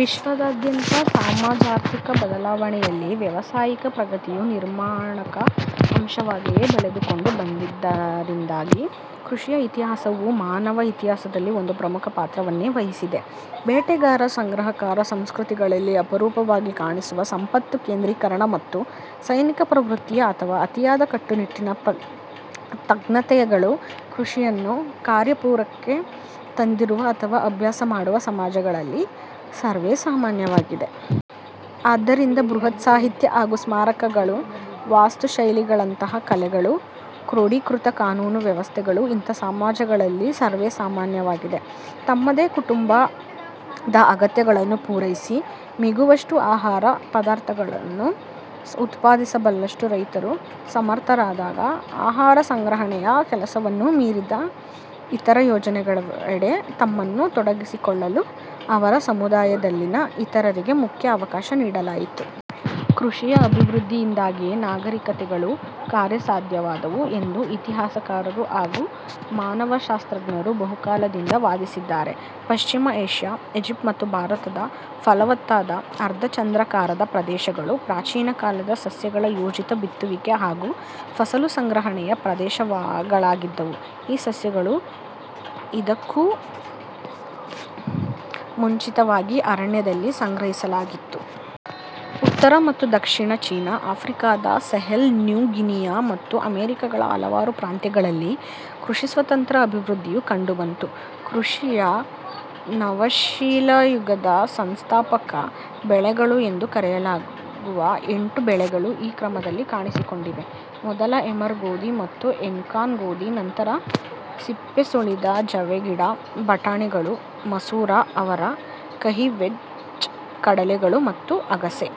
ವಿಶ್ವಾದ್ಯಂತದ ಸಮಾಜಾರ್ಥಿಕ ಬದಲಾವಣೆಯಲ್ಲಿ ವ್ಯಾವಸಾಯಿಕ ಪ್ರಗತಿಯು ನಿರ್ಣಾಯಕ ಅಂಶವಾಗಿಯೇ ಬೆಳೆದುಕೊಂಡು ಬಂದಿದ್ದರಿಂದಾಗಿ, ಕೃಷಿಯ ಇತಿಹಾಸವು ಮಾನವ ಇತಿಹಾಸದಲ್ಲಿ ಒಂದು ಪ್ರಮುಖ ಪಾತ್ರವನ್ನೇ ವಹಿಸಿದೆ. ಬೇಟೆಗಾರ-ಸಂಗ್ರಹಕಾರ ಸಂಸ್ಕೃತಿಗಳಲ್ಲಿ ಅಪರೂಪವಾಗಿ ಕಾಣಿಸುವ ಸಂಪತ್ತು -ಕೇಂದ್ರೀಕರಣ ಮತ್ತು ಸೈನಿಕ ಪ್ರವೃತ್ತಿಯ ಅಥವಾ ಅತಿಯಾದ ಕಟ್ಟುನಿಟ್ಟಿನ ತಜ್ಞತೆಗಳು, ಕೃಷಿಯನ್ನು ಕಾರ್ಯರೂಪಕ್ಕೆ ತಂದಿರುವ ಅಥವಾ ಅಭ್ಯಾಸ ಮಾಡುವ ಸಮಾಜಗಳಲ್ಲಿ ಸವೇಸಾಮಾನ್ಯವಾಗಿವೆ. ಆದ್ದರಿಂದ, ಬೃಹತ್- ಸಾಹಿತ್ಯ ಹಾಗೂ ಸ್ಮಾರಕಗಳ ವಾಸ್ತುಶೈಲಿಗಳಂಥ ಕಲೆಗಳು, ಕ್ರೋಡೀಕೃತ ಕಾನೂನು ವ್ಯವಸ್ಥೆಗಳೂ ಇಂಥ ಸಮಾಜಗಳಲ್ಲಿ ಸರ್ವೇಸಾಮಾನ್ಯವಾಗಿವೆ. ತಮ್ಮದೇ ಕುಟುಂಬದ ಅಗತ್ಯಗಳನ್ನು ಪೂರೈಸಿ ಮಿಗುವಷ್ಟು ಆಹಾರ ಪದಾರ್ಥವನ್ನು ಉತ್ಪಾದಿಸಬಲ್ಲಷ್ಟು ರೈತರು ಸಮರ್ಥರಾದಾಗ, ಆಹಾರ ಸಂಗ್ರಹಣೆಯ ಕೆಲಸವನ್ನೂ ಮೀರಿದ ಇತರ ಯೋಜನೆಗಳೆಡೆಗೆ ತಮ್ಮನ್ನು ತೊಡಗಿಸಿಕೊಳ್ಳಲು ಅವರ ಸಮುದಾಯದಲ್ಲಿನ ಇತರರಿಗೆ ಮುಕ್ತ ಅವಕಾಶ ನೀಡಲಾಯಿತು. ಕೃಷಿಯ ಅಭಿವೃದ್ಧಿಯಿಂದಾಗಿಯೇ ನಾಗರಿಕತೆಗಳು ಕಾರ್ಯಸಾಧ್ಯವಾದವು ಎಂದು ಇತಿಹಾಸಕಾರರು ಹಾಗೂ ಮಾನವಶಾಸ್ತ್ರಜ್ಞರು ಬಹುಕಾಲದಿಂದ ವಾದಿಸಿದ್ದಾರೆ. ಪಶ್ಚಿಮ ಏಷ್ಯಾ, ಈಜಿಪ್ಟ್, ಮತ್ತು ಭಾರತದ ಫಲವತ್ತಾದ ಅರ್ಧಚಂದ್ರಾಕಾರದ ಪ್ರದೇಶಗಳು, ಪ್ರಾಚೀನ ಕಾಲದ ಸಸ್ಯಗಳ ಯೋಜಿತ ಬಿತ್ತುವಿಕೆ ಹಾಗೂ ಫಸಲು ಸಂಗ್ರಹಣೆಯ ಪ್ರದೇಶಗಳಾಗಿದ್ದವು. ಈ ಸಸ್ಯಗಳನ್ನು ಇದಕ್ಕೂ ಮುಂಚಿತವಾಗಿ ಅರಣ್ಯದಲ್ಲಿ ಸಂಗ್ರಹಿಸಲಾಗಿತ್ತು. ಉತ್ತರ ಮತ್ತು ದಕ್ಷಿಣ ಚೀನಾ, ಆಫ್ರಿಕಾದ ಸಹೆಲ್, ನ್ಯೂ ಗಿನಿಯಾ ಮತ್ತು ಅಮೆರಿಕಗಳ ಹಲವಾರು ಪ್ರಾಂತ್ಯಗಳಲ್ಲಿ ಕೃಷಿಯ ಸ್ವತಂತ್ರ ಅಭಿವೃದ್ಧಿಯು ಕಂಡುಬಂತು. ಕೃಷಿಯ ನವಶಿಲಾಯುಗದ ಸಂಸ್ಥಾಪಕ ಬೆಳೆಗಳು ಎಂದು ಕರೆಯಲಾಗುವ ಎಂಟು ಬೆಳೆಗಳು ಈ ಕ್ರಮದಲ್ಲಿ ಕಾಣಿಸಿಕೊಂಡಿವೆ: ಮೊದಲು ಎಮರ್ ಗೋಧಿ ಮತ್ತು ಐನ್ಕಾರ್ನ್ ಗೋಧಿ, ನಂತರ ಸಿಪ್ಪೆಸುಲಿದ ಜವೆಗಿಡ, ಬಟಾಣಿಗಳು, ಮಸೂರ ಅವರೆ, ಕಹಿ ವೆಚ್, ಕಡಲೆ ಗಳು ಮತ್ತು ಅಗಸೆ.